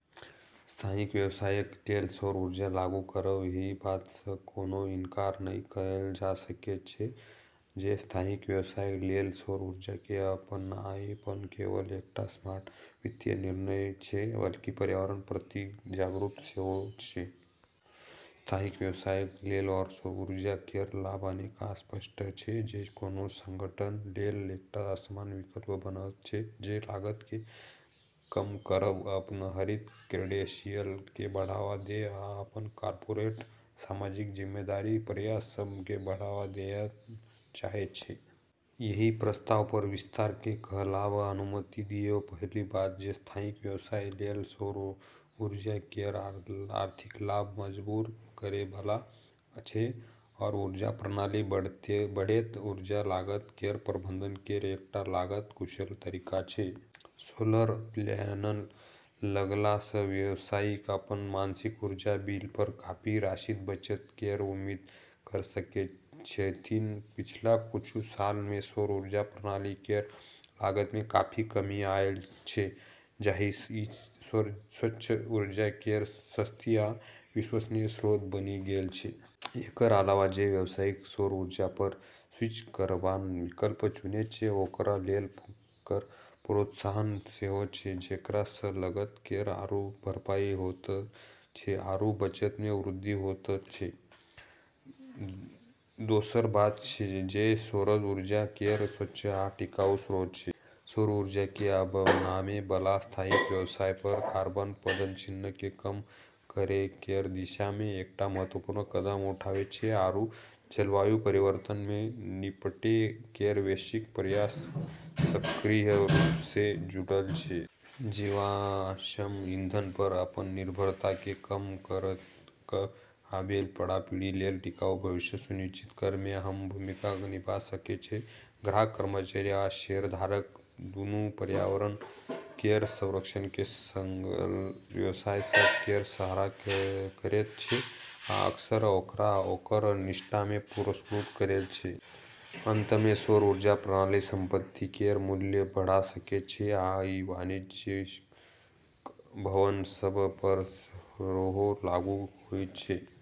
स्थानीय व्यवसायक लेल सौर ऊर्जा लागू करब। एहि बात सँ कोनो इनकार नहि कएल जा सकैत अछि जे स्थानीय व्यवसायक लेल सौर ऊर्जा केँ अपनाब न केवल एकटा स्मार्ट वित्तीय निर्णय अछि, बल्कि पर्यावरणक प्रति जागरूक सेहो अछि। स्थानीय व्यवसायक लेल सौर ऊर्जा केर लाभ अनेक आ स्पष्ट छै, जे कोनो संगठन लेल एकटा आसान विकल्प बनावैत छै जे लागत केँ कम करब, अपन हरित क्रेडेंशियल केँ बढ़ावा देब, आ अपन कॉर्पोरेट सामाजिक जिम्मेदारी प्रयास सभ केँ बढ़ावा देनाय चाहैत छै। एहि प्रस्ताव पर विस्तार सँ कहबाक अनुमति दियौ। पहिल बात जे स्थानीय व्यवसाय लेल सौर ऊर्जा केर आर्थिक लाभ मजबूर करै बला अछि। सौर ऊर्जा प्रणाली बढ़ैत ऊर्जा लागत केर प्रबंधन केर एकटा लागत-कुशल तरीका छै। सोलर पैनल लगला सँ व्यवसायी अपन मासिक ऊर्जा बिल पर काफी राशिक बचत केर उम्मीद कऽ सकैत छथिन्। पिछला किछु साल मे सौर ऊर्जा प्रणाली केर लागत मे काफी कमी आयल अछि, जाहि सँ ई स्वच्छ ऊर्जा केर सस्ती आ विश्वसनीय स्रोत बनि गेल अछि। एकर अलावा, जे व्यवसाय सौर ऊर्जा पर स्विच करबाक विकल्प चुनैत छै, ओकरा लेल कर प्रोत्साहन सेहो छै, जेकरा सँ लागत केर आरू भरपाई होइत छै आरू बचत मे वृद्धि होइत छै। दोसर बात जे सौर ऊर्जा ऊर्जा केर स्वच्छ आ टिकाऊ स्रोत छै। सौर ऊर्जा केँ अपनाबै बला स्थानीय व्यवसाय अपन कार्बन पदचिह्न केँ कम करै केर दिशा मे एकटा महत्वपूर्ण कदम उठावैत छै आरू जलवायु परिवर्तन सँ निपटै केर वैश्विक प्रयास सँ सक्रिय रूप सँ जुड़ल छै। जीवाश्म ईंधन पर अपन निर्भरता केँ कम कऽ कऽ आबै बला पीढ़ी लेल टिकाऊ भविष्य सुनिश्चित करै मे अहम भूमिका निभा रहल छै। ग्राहक, कर्मचारी आ शेयरधारक दुनू पर्यावरण केर संरक्षण मे संलग्न व्यवसाय सभ केर सराहना करैत छै आ अक्सर ओकरा ओकर निष्ठा सँ पुरस्कृत करैत छै। अंत मे सौर ऊर्जा प्रणाली संपत्ति केर मूल्य बढ़ा सकैत छै, आ ई वाणिज्यिक भवन सभ पर सेहो लागू होइत छै।